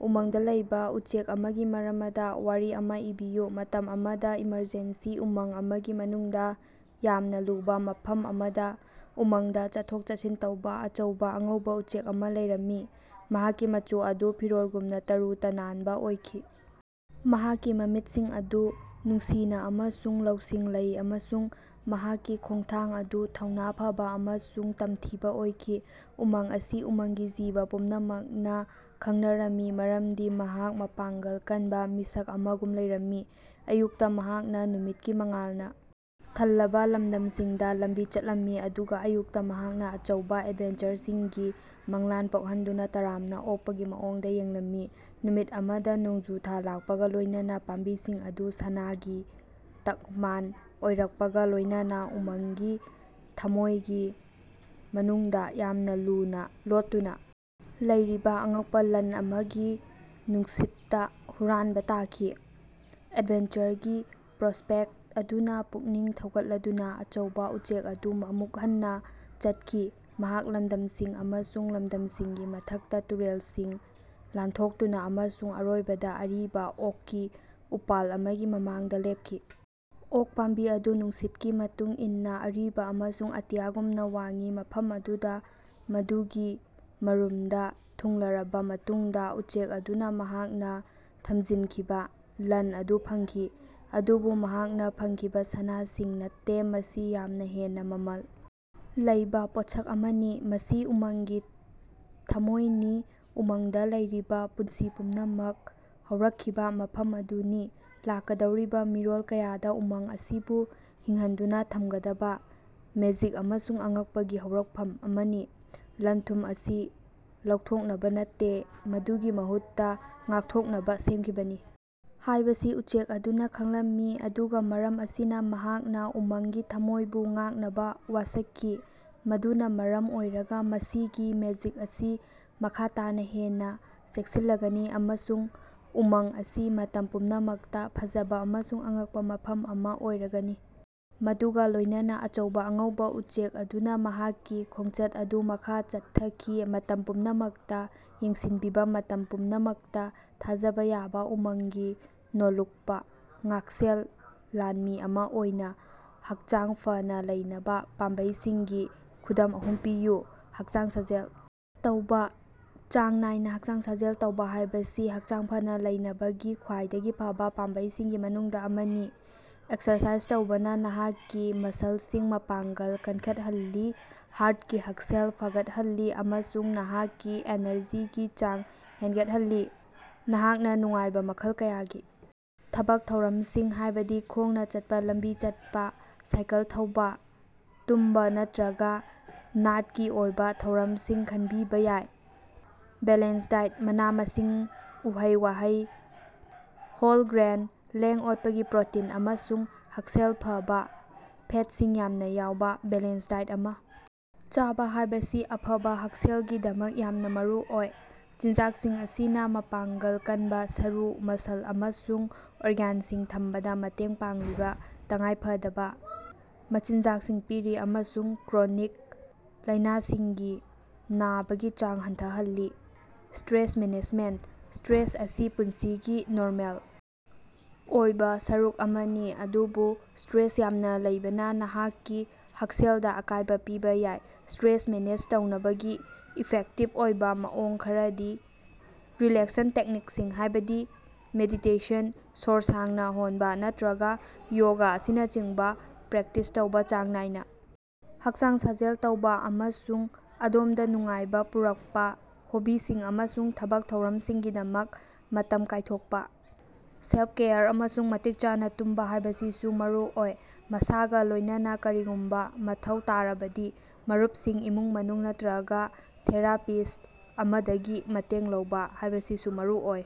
ꯎꯃꯪꯗꯥ ꯂꯩꯕꯥ ꯎꯆꯦꯛ ꯑꯃꯒꯤ ꯃꯔꯃꯗꯥ ꯋꯥꯔꯤ ꯑꯃꯥ ꯏꯕꯤꯌꯨ꯫ ꯃꯇꯝ ꯑꯃꯗ ꯏꯃꯔꯖꯦꯟꯁꯤ ꯎꯃꯪ ꯑꯃꯒꯤ ꯃꯅꯨꯡꯗ ꯌꯥꯝꯅ ꯂꯨꯕ ꯃꯐꯝ ꯑꯃꯗ ꯎꯃꯪꯗꯥ ꯆꯠꯊꯣꯛ-ꯆꯠꯁꯤꯟ ꯇꯧꯕꯥ ꯑꯆꯧꯕꯥ ꯑꯉꯧꯕꯥ ꯎꯆꯦꯛ ꯑꯃ ꯂꯩꯔꯝꯃꯤ꯫ ꯃꯍꯥꯛꯀꯤ ꯃꯆꯨ ꯑꯗꯨ ꯐꯤꯔꯣꯜꯒꯨꯝꯅ ꯇꯔꯨ ꯇꯅꯥꯟꯕ ꯑꯣꯏꯈꯤ ꯃꯍꯥꯛꯀꯤ ꯃꯃꯤꯠꯁꯤꯡ ꯑꯗꯨ ꯅꯨꯡꯁꯤꯅ ꯑꯃꯁꯨꯡ ꯂꯧꯁꯤꯡ ꯂꯩ ꯑꯃꯁꯨꯡ ꯃꯍꯥꯛꯀꯤ ꯈꯣꯡꯊꯥꯡ ꯑꯗꯨ ꯊꯧꯅꯥ ꯐꯕ ꯑꯃꯁꯨꯡ ꯇꯝꯊꯤꯕꯥ ꯑꯣꯏꯈꯤ꯫ ꯎꯃꯪ ꯑꯁꯤ ꯎꯃꯪꯒꯤ ꯖꯤꯕ ꯄꯨꯝꯅꯃꯛꯅ ꯈꯪꯅꯔꯝꯃꯤ ꯃꯔꯝꯗꯤ ꯃꯍꯥꯛ ꯃꯄꯥꯡꯒꯜ ꯀꯟꯕ ꯃꯤꯁꯛ ꯑꯃꯒꯨꯝ ꯂꯩꯔꯝꯃꯤ꯫ ꯑꯌꯨꯛꯇ ꯃꯍꯥꯛꯅ ꯅꯨꯃꯤꯠꯀꯤ ꯃꯉꯥꯜꯅ ꯊꯜꯂꯕ ꯂꯝꯗꯝꯁꯤꯡꯗ ꯂꯝꯕꯤ ꯆꯠꯂꯝꯃꯤ ꯑꯗꯨꯒ ꯑꯌꯨꯛꯇ ꯃꯍꯥꯛꯅ ꯑꯆꯧꯕ ꯑꯦꯗꯚꯦꯟꯆꯔꯁꯤꯡꯒꯤ ꯃꯪꯂꯥꯟ ꯄꯣꯛꯍꯟꯗꯨꯅ ꯇꯔꯥꯝꯅ ꯑꯣꯛꯄꯒꯤ ꯃꯑꯣꯡꯗ ꯌꯦꯡꯂꯝꯃꯤ꯫ ꯅꯨꯃꯤꯠ ꯑꯃꯗ ꯅꯣꯡꯖꯨ ꯊꯥ ꯂꯥꯛꯄꯒ ꯂꯣꯢꯅꯅ ꯄꯥꯝꯕꯤꯁꯤꯡ ꯑꯗꯨ ꯁꯅꯥꯒꯤ ꯇꯛꯃꯥꯟ ꯑꯣꯏꯔꯛꯄꯒ ꯂꯣꯢꯅꯅꯥ ꯎꯃꯪꯒꯤ ꯊꯝꯃꯣꯢꯒꯤ ꯃꯅꯨꯡꯗ ꯌꯥꯝꯅ ꯂꯨꯅ ꯂꯣꯠꯇꯨꯅ ꯂꯩꯔꯤꯕ ꯑꯉꯛꯄ ꯂꯟ ꯑꯃꯒꯤ ꯅꯨꯡꯁꯤꯠꯇꯥ ꯍꯨꯔꯥꯟꯕ ꯇꯥꯈꯤ꯫ ꯑꯦꯗꯚꯦꯟꯆꯔꯒꯤ ꯄ꯭ꯔꯣꯁꯄꯦꯛꯇ ꯑꯗꯨꯅꯥ ꯄꯨꯛꯅꯤꯡ ꯊꯧꯒꯠꯂꯗꯨꯅꯥ ꯑꯆꯧꯕꯥ ꯎꯆꯦꯛ ꯑꯗꯨ ꯑꯃꯨꯛ ꯍꯟꯅꯥ ꯆꯠꯈꯤ꯫ ꯃꯍꯥꯛ ꯂꯝꯗꯝꯁꯤꯡ ꯑꯃꯁꯨꯡ ꯂꯝꯗꯝꯁꯤꯡꯒꯤ ꯃꯊꯛꯇ ꯇꯨꯔꯦꯜꯁꯤꯡ ꯂꯥꯟꯊꯣꯛꯇꯨꯅ ꯑꯃꯁꯨꯡ ꯑꯔꯣꯏꯕꯗ ꯑꯔꯤꯕ ꯑꯣꯛꯀꯤ ꯎꯄꯥꯜ ꯑꯃꯒꯤ ꯃꯃꯥꯡꯗ ꯂꯦꯞꯈꯤ꯫ ꯑꯣꯛ ꯄꯥꯝꯕꯤ ꯑꯗꯨ ꯅꯨꯡꯁꯤꯠꯀꯤ ꯃꯇꯨꯡ ꯏꯟꯅ ꯑꯔꯤꯕ ꯑꯃꯁꯨꯡ ꯑꯇꯤꯌꯥꯒꯨꯝꯅ ꯋꯥꯡꯏ ꯃꯐꯝ ꯑꯗꯨꯗ ꯃꯗꯨꯒꯤ ꯃꯔꯨꯝꯗ ꯊꯨꯡꯂꯔꯕ ꯃꯇꯨꯡꯗ ꯎꯆꯦꯛ ꯑꯗꯨꯅ ꯃꯍꯥꯛꯅ ꯊꯝꯖꯤꯟꯈꯤꯕ ꯂꯟ ꯑꯗꯨ ꯐꯪꯈꯤ꯫ ꯑꯗꯨꯕꯨ ꯃꯍꯥꯛꯅ ꯐꯪꯈꯤꯕ ꯁꯅꯥ ꯁꯤꯡ ꯅꯠꯇꯦ ꯃꯁꯤ ꯌꯥꯝꯅ ꯍꯦꯟꯅ ꯃꯃꯜ ꯂꯩꯕꯥ ꯄꯣꯠꯁꯛ ꯑꯃꯅꯤ꯫ ꯃꯁꯤ ꯎꯃꯪꯒꯤ ꯊꯃꯣꯏꯅꯤ ꯎꯃꯪꯗꯥ ꯂꯩꯔꯤꯕꯥ ꯄꯨꯟꯁꯤ ꯄꯨꯝꯅꯃꯛ ꯍꯧꯔꯛꯈꯤꯕ ꯃꯐꯝ ꯑꯗꯨꯅꯤ ꯂꯥꯛꯀꯗꯧꯔꯤꯕꯥ ꯃꯤꯔꯣꯜ ꯀꯌꯥꯗ ꯎꯃꯪ ꯑꯁꯤꯕꯨ ꯍꯤꯡꯍꯟꯗꯨꯅ ꯊꯝꯒꯗꯕ ꯃꯦꯖꯤꯛ ꯑꯃꯁꯨꯡ ꯑꯉꯛꯄꯒꯤ ꯍꯧꯔꯛꯐꯝ ꯑꯃꯅꯤ꯫ ꯂꯟ-ꯊꯨꯝ ꯑꯁꯤ ꯂꯧꯊꯣꯛꯅꯕ ꯅꯠꯇꯦ ꯃꯗꯨꯒꯤ ꯃꯍꯨꯠꯇ ꯉꯥꯛꯊꯣꯛꯅꯕ ꯁꯦꯝꯈꯤꯕꯅꯤ ꯍꯥꯢꯕꯁꯤ ꯎꯆꯦꯛ ꯑꯗꯨꯅ ꯈꯪꯂꯝꯃꯤ꯫ ꯑꯗꯨꯒ ꯃꯔꯝ ꯑꯁꯤꯅ ꯃꯍꯥꯛꯅ ꯎꯃꯪꯒꯤ ꯊꯝꯃꯣꯢꯕꯨ ꯉꯥꯛꯅꯕ ꯋꯥꯁꯛꯈꯤ ꯃꯗꯨꯅ ꯃꯔꯝ ꯑꯣꯏꯔꯒ ꯃꯁꯤꯒꯤ ꯃꯦꯖꯤꯛ ꯑꯁꯤ ꯃꯈꯥ ꯇꯥꯅ ꯍꯦꯟꯅ ꯆꯦꯛꯁꯤꯜꯂꯒꯅꯤ ꯑꯃꯁꯨꯡ ꯎꯃꯪ ꯑꯁꯤ ꯃꯇꯝ ꯄꯨꯝꯅꯃꯛꯇ ꯐꯖꯕ ꯑꯃꯁꯨꯡ ꯑꯉꯛꯄ ꯃꯐꯝ ꯑꯃ ꯑꯣꯏꯔꯒꯅꯤ꯫ ꯃꯗꯨꯒ ꯂꯣꯢꯅꯅ ꯑꯆꯧꯕ ꯑꯉꯧꯕ ꯎꯆꯦꯛ ꯑꯗꯨꯅ ꯃꯍꯥꯛꯀꯤ ꯈꯣꯡꯆꯠ ꯑꯗꯨ ꯃꯈꯥ ꯆꯠꯊꯈꯤ ꯃꯇꯝ ꯄꯨꯝꯅꯃꯛꯇ ꯌꯦꯡꯁꯤꯟꯕꯤꯕ ꯃꯇꯝ ꯄꯨꯝꯅꯃꯛꯇ ꯊꯥꯖꯕ ꯌꯥꯕ ꯎꯃꯪꯒꯤ ꯅꯣꯜꯂꯨꯛꯄ ꯉꯥꯛꯁꯦꯜ ꯂꯥꯟꯃꯤ ꯑꯃꯥ ꯑꯣꯏꯅ꯫ ꯍꯛꯆꯥꯡ ꯐꯅ ꯂꯩꯅꯕ ꯄꯥꯝꯕꯩꯁꯤꯡꯒꯤ ꯈꯨꯗꯝ ꯑꯍꯨꯝ ꯄꯤꯌꯨ꯫ ꯍꯛꯆꯥꯡ ꯁꯥꯖꯦꯜ ꯇꯧꯕꯥ ꯆꯥꯡ ꯅꯥꯏꯅ ꯍꯛꯆꯥꯡ ꯁꯥꯖꯦꯜ ꯇꯧꯕꯥ ꯍꯥꯢꯕꯁꯤ ꯍꯛꯆꯥꯡ ꯐꯅꯥ ꯂꯩꯅꯕꯒꯤ ꯈ꯭ꯋꯥꯏꯗꯒꯤ ꯐꯕ ꯄꯥꯝꯕꯩꯁꯤꯡꯒꯤ ꯃꯅꯨꯡꯗ ꯑꯃꯅꯤ꯫ ꯑꯦꯛꯁꯔꯁꯥꯏꯖ ꯇꯧꯕꯅ ꯅꯍꯥꯛꯀꯤ ꯃꯁꯜꯁꯤꯡ ꯃꯄꯥꯡꯒꯜ ꯀꯟꯈꯠꯍꯜꯂꯤ ꯍꯥꯔꯇꯀꯤ ꯍꯛꯁꯦꯜ ꯐꯒꯠꯍꯜꯂꯤ ꯑꯃꯁꯨꯡ ꯅꯍꯥꯛꯀꯤ ꯑꯦꯅꯔꯖꯤꯒꯤ ꯆꯥꯡ ꯍꯦꯟꯒꯠꯍꯜꯂꯤ꯫ ꯅꯍꯥꯛꯅ ꯅꯨꯡꯉꯥꯏꯕ ꯃꯈꯜ ꯀꯌꯥꯒꯤ ꯊꯕꯛ ꯊꯧꯔꯝꯁꯤꯡ ꯍꯥꯢꯕꯗꯤ ꯈꯣꯡꯅꯥ ꯆꯠꯄ ꯂꯝꯕꯤ ꯆꯠꯄꯥ, ꯁꯥꯏꯀꯜ ꯊꯧꯕꯥ, ꯇꯨꯝꯕꯥ ꯅꯠꯇ꯭ꯔꯒ ꯅꯥꯠꯀꯤ ꯑꯣꯏꯕ ꯊꯧꯔꯝꯁꯤꯡ ꯈꯟꯕꯤꯕ ꯌꯥꯏ꯫ ꯕꯦꯂꯦꯟꯁ ꯗꯥꯏꯠ ꯃꯅꯥ-ꯃꯁꯤꯡ, ꯎꯍꯩ-ꯋꯥꯍꯩ, ꯍꯣꯜ ꯒ꯭ꯔꯦꯟ, ꯂꯦꯡ-ꯑꯣꯠꯄꯒꯤ ꯄ꯭ꯔꯣꯇꯤꯟ ꯑꯃꯁꯨꯡ ꯍꯛꯁꯦꯜ ꯐꯕ ꯐꯦꯠꯁꯤꯡ ꯌꯥꯝꯅ ꯌꯥꯎꯕ ꯕꯦꯂꯦꯟꯁ ꯗꯥꯏꯠ ꯑꯃ ꯆꯥꯕ ꯍꯥꯢꯕꯁꯤ ꯑꯐꯕ ꯍꯛꯁꯦꯜꯒꯤꯗꯃꯛ ꯌꯥꯝꯅ ꯃꯔꯨꯑꯣꯏ꯫ ꯆꯤꯟꯖꯥꯛꯁꯤꯡ ꯑꯁꯤꯅ ꯃꯄꯥꯡꯒꯜ ꯀꯟꯕ ꯁꯔꯨ, ꯃꯁꯜ ꯑꯃꯁꯨꯡ ꯑꯣꯔꯒꯥꯟꯁꯤꯡ ꯊꯝꯕꯗ ꯃꯇꯦꯡ ꯄꯥꯡꯂꯤꯕ ꯇꯉꯥꯏꯐꯗꯕ ꯃꯆꯤꯟꯖꯥꯛꯁꯤꯡ ꯄꯤꯔꯤ ꯑꯃꯁꯨꯡ ꯀ꯭ꯔꯣꯅꯤꯛ ꯂꯥꯢꯅꯁꯤꯡꯒꯤ ꯅꯕꯒꯤ ꯆꯥꯡ ꯍꯟꯊꯍꯜꯂꯤ꯫ ꯁ꯭ꯇꯔꯦꯁ ꯃꯦꯅꯦꯖꯃꯦꯟꯇ ꯁꯇ꯭ꯔꯦꯁ ꯑꯁꯤ ꯄꯨꯟꯁꯤꯒꯤ ꯅꯣꯔꯃꯦꯜ ꯑꯣꯏꯕ ꯁꯔꯨꯛ ꯑꯃꯅꯤ ꯑꯗꯨꯕꯨ ꯁꯇ꯭ꯔꯦꯁ ꯌꯥꯝꯅ ꯂꯩꯕꯅꯥ ꯅꯍꯥꯛꯀꯤ ꯍꯛꯁꯦꯜꯗ ꯑꯀꯥꯢꯕ ꯄꯤꯕꯥ ꯌꯥꯏ꯫ ꯁꯇ꯭ꯔꯦꯁ ꯃꯦꯅꯦꯖ ꯇꯧꯅꯕꯒꯤ ꯏꯐꯦꯛꯇꯤꯚ ꯑꯣꯏꯕ ꯃꯑꯣꯡ ꯈꯔꯗꯤ ꯔꯤꯂꯦꯛꯁꯟ ꯇꯦꯛꯅꯤꯛꯁꯤꯡ ꯍꯥꯢꯕꯗꯤ ꯃꯦꯗꯤꯇꯦꯁꯟ, ꯁꯣꯔ ꯁꯥꯡꯅ ꯍꯣꯟꯕ ꯅꯠꯇ꯭ꯔꯒ ꯌꯣꯒꯥ ꯑꯁꯤꯅꯆꯤꯡꯕ ꯄ꯭ꯔꯦꯛꯇꯤꯁ ꯇꯧꯕꯥ ꯆꯥꯡ ꯅꯥꯏꯅ ꯍꯛꯆꯥꯡ ꯁꯥꯖꯦꯜ ꯇꯧꯕꯥ ꯑꯃꯁꯨꯡ ꯑꯗꯣꯝꯗ ꯅꯨꯡꯉꯥꯏꯕ ꯄꯨꯔꯛꯄ ꯍꯣꯕꯤꯁꯤꯡ ꯑꯃꯁꯨꯡ ꯊꯕꯛ ꯊꯧꯔꯝꯁꯤꯡꯒꯤꯗꯃꯛ ꯃꯇꯝ ꯀꯥꯢꯊꯣꯛꯄ꯫ ꯁꯦꯂ꯭ꯐ-ꯀꯦꯌꯔ ꯑꯃꯁꯨꯡ ꯃꯇꯤꯛ ꯆꯥꯅ ꯇꯨꯝꯕ ꯍꯥꯢꯕꯁꯤꯁꯨ ꯃꯔꯨꯑꯣꯏ ꯃꯁꯤꯒꯥ ꯂꯣꯢꯅꯅꯥ ꯀꯔꯤꯒꯨꯝꯕ ꯃꯊꯧ ꯇꯥꯔꯕꯗꯤ ꯃꯔꯨꯞꯁꯤꯡ ꯏꯃꯨꯡ-ꯃꯅꯨꯡ ꯅꯠꯇ꯭ꯔꯒꯥ ꯊꯦꯔꯥꯄꯤꯁ꯭ꯠ ꯑꯃꯗꯒꯤ ꯃꯇꯦꯡ ꯂꯧꯕꯥ ꯍꯥꯢꯕꯁꯤꯁꯨ ꯃꯔꯨꯑꯣꯏ꯫